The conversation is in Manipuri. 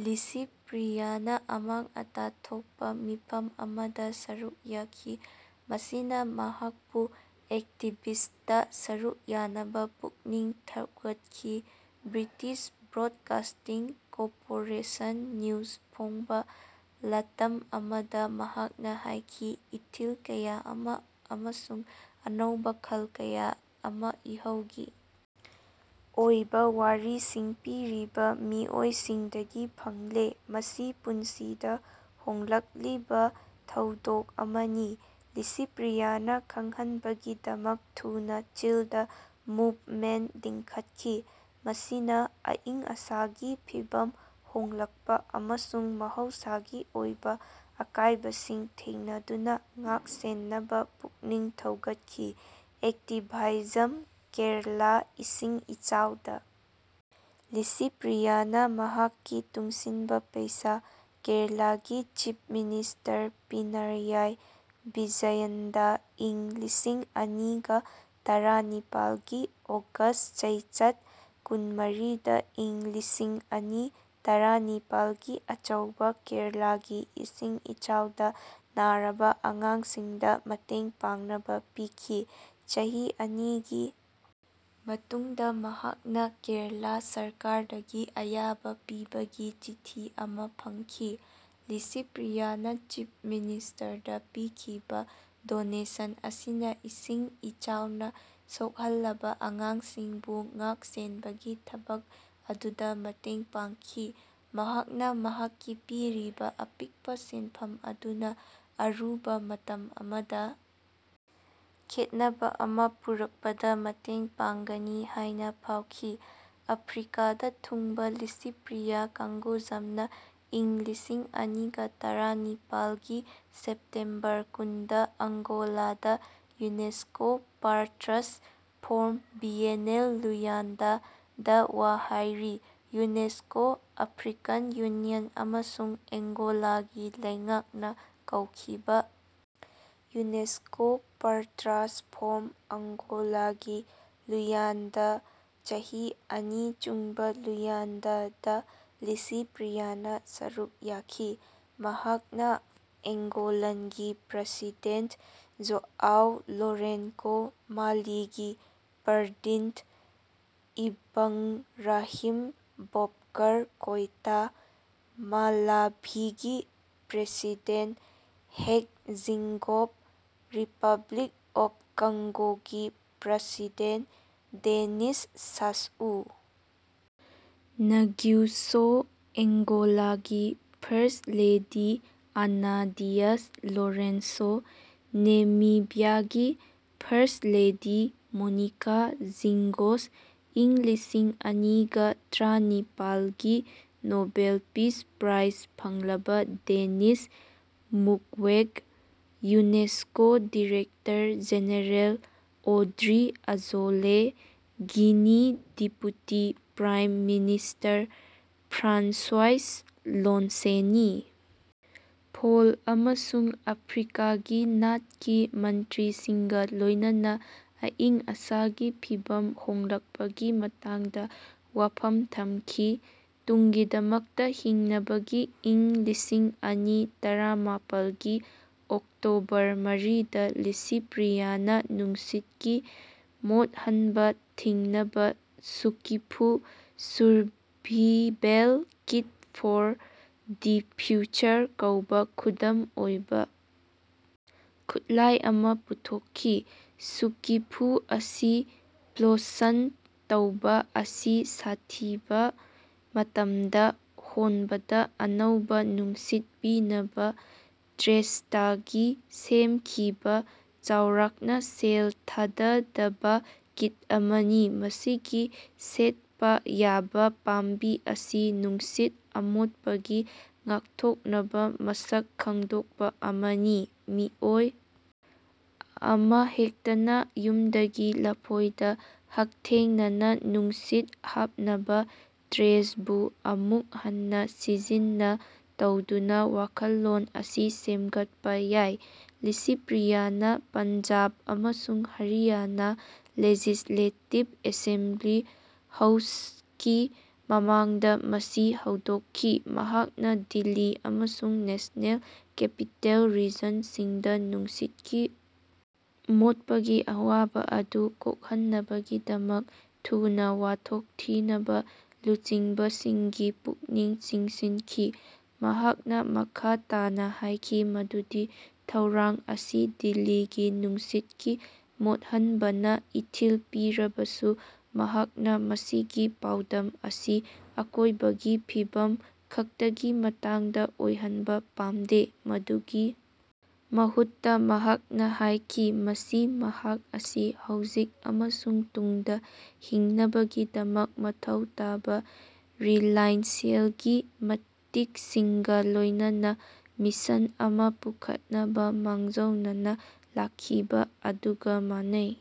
ꯂꯤꯁꯤꯄ꯭ꯔꯤꯌꯥꯅ ꯑꯃꯥꯡ ꯑꯇꯥ ꯊꯣꯛꯄ ꯃꯤꯐꯝ ꯑꯃꯗ ꯁꯔꯨꯛ ꯌꯥꯈꯤ꯫ ꯃꯁꯤꯅ ꯃꯍꯥꯛꯄꯨ ꯑꯦꯛꯇꯤꯕ꯭ꯁ꯭ꯇꯇ ꯁꯔꯨꯛ ꯌꯥꯅꯕ ꯄꯨꯛꯅꯤꯡ ꯊꯧꯒꯠꯈꯤ꯫ ꯕ꯭ꯔꯤꯇꯤꯁ ꯕ꯭ꯔꯣꯗꯀꯥꯁꯇꯤꯡ ꯀꯣꯄꯣꯔꯦꯁꯟ ꯅ꯭ꯌꯨꯖ ꯐꯣꯡꯕ ꯂꯥꯇꯝ ꯑꯃꯗ ꯃꯍꯥꯛꯅ ꯍꯥꯏꯈꯤ, "ꯏꯊꯤꯜ ꯀꯌꯥ ꯑꯃ ꯑꯃꯁꯨꯡ ꯑꯅꯧꯕ ꯈꯜ ꯀꯌꯥ ꯑꯃ ꯏꯍꯧꯒꯤ ꯑꯣꯏꯕ ꯋꯥꯔꯤꯁꯤꯡ ꯄꯤꯔꯤꯕ ꯃꯤꯑꯣꯏꯁꯤꯡꯗꯒꯤ ꯐꯪꯂꯦ꯫ ꯃꯁꯤ ꯄꯨꯟꯁꯤꯗ ꯍꯣꯡꯂꯛꯂꯤꯕ ꯊꯧꯗꯣꯛ ꯑꯃꯅꯤ꯫" ꯂꯤꯁꯤꯄ꯭ꯔꯤꯌꯥꯅ ꯈꯪꯍꯟꯕꯒꯤꯗꯃꯛ ꯊꯨꯅ "ꯆꯤꯜꯗ ꯃꯨꯚꯃꯦꯟꯠ" ꯂꯤꯡꯈꯠꯈꯤ, ꯃꯁꯤꯅ ꯑꯏꯪ ꯑꯁꯥꯒꯤ ꯐꯤꯚꯝ ꯍꯣꯡꯂꯛꯄ ꯑꯃꯁꯨꯡ ꯃꯍꯧꯁꯥꯒꯤ ꯑꯣꯏꯕ ꯑꯀꯥꯏꯕꯁꯤꯡ ꯊꯦꯡꯅꯗꯨꯅ ꯉꯥꯛꯁꯦꯟꯅꯕ ꯄꯨꯛꯅꯤꯡ ꯊꯧꯒꯠꯈꯤ꯫ ꯑꯦꯛꯇꯤꯚꯥꯏꯖꯝ ꯀꯦꯔꯂꯥ ꯏꯁꯤꯡ ꯏꯆꯥꯎꯗ ꯂꯤꯁꯤꯄ꯭ꯔꯤꯌꯥꯅ ꯃꯍꯥꯛꯀꯤ ꯇꯨꯡꯁꯤꯟꯕ ꯄꯩꯁꯥ ꯀꯦꯔꯂꯥꯒꯤ ꯆꯤꯐ ꯃꯤꯅꯤꯁꯇꯔ ꯄꯤꯅꯔꯌꯥꯏ ꯕꯤꯖꯌꯟꯗ ꯏꯪ ꯂꯤꯁꯤꯡ ꯑꯅꯤꯒ ꯇꯔꯥ ꯅꯤꯄꯥꯜ ꯒꯤ ꯑꯣꯒꯁ꯭ꯠ ꯆꯩꯆꯠ ꯀꯨꯟꯃꯔꯤꯗ ꯏꯪ ꯂꯤꯁꯤꯡ ꯑꯅꯤ ꯇꯔꯥꯅꯤꯄꯥꯜꯒꯤ ꯑꯆꯧꯕ ꯀꯦꯔꯂꯥꯒꯤ ꯏꯁꯤꯡ ꯏꯆꯥꯎꯗ ꯅꯥꯔꯕ ꯑꯉꯥꯡꯁꯤꯡꯗ ꯃꯇꯦꯡ ꯄꯥꯡꯅꯕ ꯄꯤꯈꯤ꯫ ꯆꯍꯤ ꯑꯅꯤꯒꯤ ꯃꯇꯨꯡꯗ ꯃꯍꯥꯛꯅ ꯀꯦꯔꯂꯥ ꯁꯔꯀꯥꯔꯗꯒꯤ ꯑꯌꯥꯕ ꯄꯤꯕꯒꯤ ꯆꯤꯊꯤ ꯑꯃꯥ ꯐꯪꯈꯤ꯫ ꯂꯤꯁꯤꯄ꯭ꯔꯤꯌꯥꯅ ꯆꯤꯐ ꯃꯤꯅꯤꯁꯇꯔꯗ ꯄꯤꯈꯤꯕ ꯗꯣꯅꯦꯁꯟ ꯑꯁꯤꯅ ꯏꯁꯤꯡ ꯏꯆꯥꯎꯅ ꯁꯣꯛꯍꯜꯂꯕ ꯑꯉꯥꯡꯁꯤꯡꯕꯨ ꯉꯥꯛ-ꯁꯦꯟꯕꯒꯤ ꯊꯕꯛ ꯑꯗꯨꯗ ꯃꯇꯦꯡ ꯄꯥꯡꯈꯤ꯫ ꯃꯍꯥꯛꯅ ꯃꯍꯥꯛꯀꯤ ꯄꯤꯔꯤꯕ ꯑꯄꯤꯛꯄ ꯁꯦꯟꯐꯝ ꯑꯗꯨꯅ ꯑꯔꯨꯕ ꯃꯇꯝ ꯑꯃꯗ ꯈꯦꯠꯅꯕ ꯑꯃ ꯄꯨꯔꯛꯄꯗ ꯃꯇꯦꯡ ꯄꯥꯡꯒꯅꯤ ꯍꯥꯏꯅ ꯐꯥꯎꯈꯤ꯫ ꯑꯐ꯭ꯔꯤꯀꯥꯗ ꯊꯨꯡꯕ ꯂꯤꯁꯤꯄ꯭ꯔꯤꯌꯥ ꯀꯡꯒꯨꯖꯝꯅ ꯏꯪ ꯂꯤꯁꯤꯡ ꯑꯅꯤꯒ ꯇꫪꯥꯅꯤꯄꯥꯜꯒꯤ ꯁꯦꯞꯇꯦꯝꯕꯔ ꯀꯨꯟꯗ ꯑꯡꯒꯣꯂꯥꯗ UNESCO Partners Forum (Biennale Luanda) ꯗ ꯋꯥ ꯍꯥꯏꯔꯤ꯫ ꯌꯨꯅꯦꯁꯀꯣ, ꯑꯐ꯭ꯔꯤꯀꯥꯟ ꯌꯨꯅꯤꯌꯟ ꯑꯃꯁꯨꯡ ꯑꯦꯡꯒꯣꯂꯥꯒꯤ ꯂꯩꯉꯥꯛꯅ ꯀꯧꯈꯤꯕ ꯌꯨꯅꯦꯁꯀꯣ ꯄꯥꯔꯇꯔꯁ ꯐꯣꯔꯝ (ꯑꯡꯒꯣꯂꯥꯒꯤ ꯂꯨꯌꯥꯟꯗꯥ ꯆꯍꯤ ꯑꯅꯤ ꯆꯨꯡꯕ ꯂꯨꯌꯥꯟꯗꯥ) ꯗ ꯂꯤꯁꯤꯄ꯭ꯔꯤꯌꯥꯅ ꯁꯔꯨꯛ ꯌꯥꯈꯤ꯫ ꯃꯍꯥꯛꯅ ꯑꯦꯡꯒꯣꯂꯟꯒꯤ ꯄ꯭ꯔꯁꯤꯗꯦꯟ꯭ꯇ ꯖꯣꯑꯥꯎ ꯂꯣꯔꯦꯟꯀꯣ, ꯃꯥꯂꯤꯒꯤ ꯄ꯭ꯔꯗꯤꯅ꯭ꯇ ꯏꯕꯡꯔꯥꯍꯤꯝ ꯕꯣꯕꯀꯔ ꯀꯦꯏꯇꯥ, ꯃꯥꯂꯥꯚꯤꯒꯤ president Hage Geingob, Republic of ꯀꯪꯒꯣꯒꯤ president Denis Sassou Nguesso, ꯑꯦꯡꯒꯣꯂꯥꯒꯤ first lady Ana Dias Lourenço, ꯅꯦꯃꯤꯕ꯭ꯌꯥꯒꯤ ꯐꯔꯁꯠꯂꯦꯗꯤ ꯃꯣꯅꯤꯀꯥ ꯖꯤꯡꯒꯣꯁ, ꯏꯪ ꯂꯤꯁꯤꯡ ꯑꯅꯤꯒ ꯇꫪꯥꯅꯤꯄꯥꯜ ꯒꯤ ꯅꯣꯕꯦꯜ ꯄꯤꯁ ꯄ꯭ꯔꯥꯏꯖ ꯐꯪꯂꯕ ꯗꯦꯅꯤꯁ ꯃꯨꯛꯋꯦꯒ, UNESCO director general Audrey Azoulay, Guinea deputy prime minister François Lonseny Fall ꯑꯃꯁꯨꯡ ꯑꯐ꯭ꯔꯤꯀꯥꯒꯤ ꯅꯥꯠꯀꯤ ꯃꯟꯇ꯭ꯔꯤꯁꯤꯡꯒ ꯂꯣꯏꯅꯅ ꯑꯏꯪ-ꯑꯁꯥꯒꯤ ꯐꯤꯚꯝ ꯍꯣꯡꯂꯛꯄꯒꯤ ꯃꯇꯥꯡꯗ ꯋꯥꯐꯝ ꯊꯝꯈꯤ ꯇꯨꯡꯒꯤꯗꯃꯛꯇ ꯍꯤꯡꯅꯕꯒꯤ ꯏꯪ ꯂꯤꯁꯤꯡ ꯑꯅꯤ ꯇꯔꯥꯃꯥꯄꯜꯒꯤ ꯑꯣꯛꯇꯣꯕꯔ ꯃꯔꯤꯗ, ꯂꯤꯁꯤꯄ꯭ꯔꯤꯌꯥꯅ ꯅꯨꯡꯁꯤꯠꯀꯤ ꯃꯣꯠꯍꯟꯕ ꯊꯤꯡꯅꯕ ꯁꯨꯀꯤꯐꯨ (survival kit for the future) ꯀꯧꯕ ꯈꯨꯗꯝ ꯑꯣꯏꯕ ꯈꯨꯠꯂꯥꯏ ꯑꯃꯥ ꯄꯨꯊꯣꯛꯈꯤ꯫ ꯁꯨꯀꯤꯐꯨ ꯑꯁꯤ ꯄ꯭ꯂꯣꯁꯟ ꯇꯧꯕ ꯑꯁꯤ ꯁꯥꯊꯤꯕ ꯃꯇꯝꯗ ꯍꯣꯟꯕꯗ ꯑꯅꯧꯕ ꯅꯨꯡꯁꯤꯠ ꯄꯤꯅꯕ ꯇ꯭ꯔꯦꯁꯇꯒꯤ ꯁꯦꯝꯈꯤꯕ ꯆꯥꯎꯔꯥꯛꯅ ꯁꯦꯜ ꯊꯥꯗꯗꯕ ꯀꯤꯠ ꯑꯃꯅꯤ꯫ ꯃꯁꯤꯒꯤ ꯁꯦꯠꯄ ꯌꯥꯕ ꯄꯥꯝꯕꯤ ꯑꯁꯤ ꯅꯨꯡꯁꯤꯠ ꯑꯃꯣꯠꯄꯒꯤ ꯉꯥꯛꯊꯣꯛꯅꯕ ꯃꯁꯛ ꯈꯪꯗꯣꯛꯄ ꯑꯃꯅꯤ꯫ ꯃꯤꯑꯣꯏ ꯑꯃꯍꯦꯛꯇꯅ ꯌꯨꯝꯗꯒꯤ ꯂꯐꯣꯏꯗ ꯍꯛꯊꯦꯡꯅꯅ ꯅꯨꯡꯁꯤꯠ ꯍꯥꯞꯅꯕ ꯇ꯭ꯔꯦꯁꯕꯨ ꯑꯃꯨꯛ ꯍꯟꯅ ꯁꯤꯖꯤꯟꯅ ꯇꯧꯗꯨꯅ ꯋꯥꯈꯜꯂꯣꯟ ꯑꯁꯤ ꯁꯦꯝꯒꯠꯄ ꯌꯥꯏ꯫ ꯂꯤꯁꯤꯄ꯭ꯔꯤꯌꯥꯅ ꯄꯟꯖꯥꯕ ꯑꯃꯁꯨꯡ ꯍꯔꯤꯌꯥꯅꯥ ꯂꯦꯖꯤꯁ꯭ꯂꯦꯇꯤꯕ ꯑꯦꯁꯦꯝꯕ꯭ꯂꯤ ꯍꯥꯎꯁꯀꯤ ꯃꯃꯥꯡꯗ ꯃꯁꯤ ꯍꯧꯗꯣꯛꯈꯤ꯫ ꯃꯍꯥꯛꯅ ꯗꯤꯜꯂꯤ ꯑꯃꯁꯨꯡ ꯅꯦꯁꯅꯦꯜ ꯀꯦꯄꯤꯇꯦꯜ ꯔꯤꯖꯟ ꯁꯤꯡꯗ ꯅꯨꯡꯁꯤꯠꯀꯤ ꯃꯣꯠꯄꯒꯤ ꯑꯋꯥꯕ ꯑꯗꯨ ꯀꯣꯛꯍꯟꯅꯕꯒꯤꯗꯃꯛ ꯊꯨꯅ ꯋꯥꯊꯣꯛ ꯊꯤꯅꯕ ꯂꯨꯆꯤꯡꯕꯁꯤꯡꯒꯤ ꯄꯨꯛꯅꯤꯡ ꯆꯤꯡꯁꯤꯟꯈꯤ꯫ ꯃꯍꯥꯛꯅ ꯃꯈꯥ ꯇꯥꯅ ꯍꯥꯏꯈꯤ ꯃꯗꯨꯗꯤ ꯊꯩꯔꯥꯡ ꯑꯁꯤ ꯗꯤꯜꯂꯤꯒꯤ ꯅꯨꯡꯁꯤꯠꯀꯤ ꯃꯣꯠꯍꯟꯕꯅ ꯏꯊꯤꯜ ꯄꯤꯔꯕꯁꯨ, ꯃꯍꯥꯛꯅ ꯃꯁꯤꯒꯤ ꯄꯥꯎꯗꯝ ꯑꯁꯤ ꯑꯀꯣꯏꯕꯒꯤ ꯐꯤꯚꯝ ꯈꯛꯇꯒꯤ ꯃꯇꯥꯡꯗ ꯑꯣꯏꯍꯟꯕ ꯄꯥꯝꯗꯦ꯫ ꯃꯗꯨꯒꯤ ꯃꯍꯨꯠꯇ ꯃꯍꯥꯛꯅ ꯍꯥꯏꯈꯤ ꯃꯁꯤ ꯃꯍꯥꯛ ꯑꯁꯤ ꯍꯧꯖꯤꯛ ꯑꯃꯁꯨꯡ ꯇꯨꯡꯗ ꯍꯤꯡꯅꯕꯒꯤꯗꯃꯛ ꯃꯊꯧ ꯇꯥꯕ ꯔꯤꯂꯥꯏꯟꯁ꯭ꯌꯦꯜꯒꯤ ꯃꯇꯤꯛꯁꯤꯡꯒ ꯂꯣꯏꯅꯅ ꯃꯤꯁꯟ ꯑꯃ ꯄꯨꯈꯠꯅꯕ ꯃꯥꯡꯖꯧꯅꯅ ꯂꯥꯛꯈꯤꯕ ꯑꯗꯨꯒ ꯃꯥꯟꯅꯩ꯫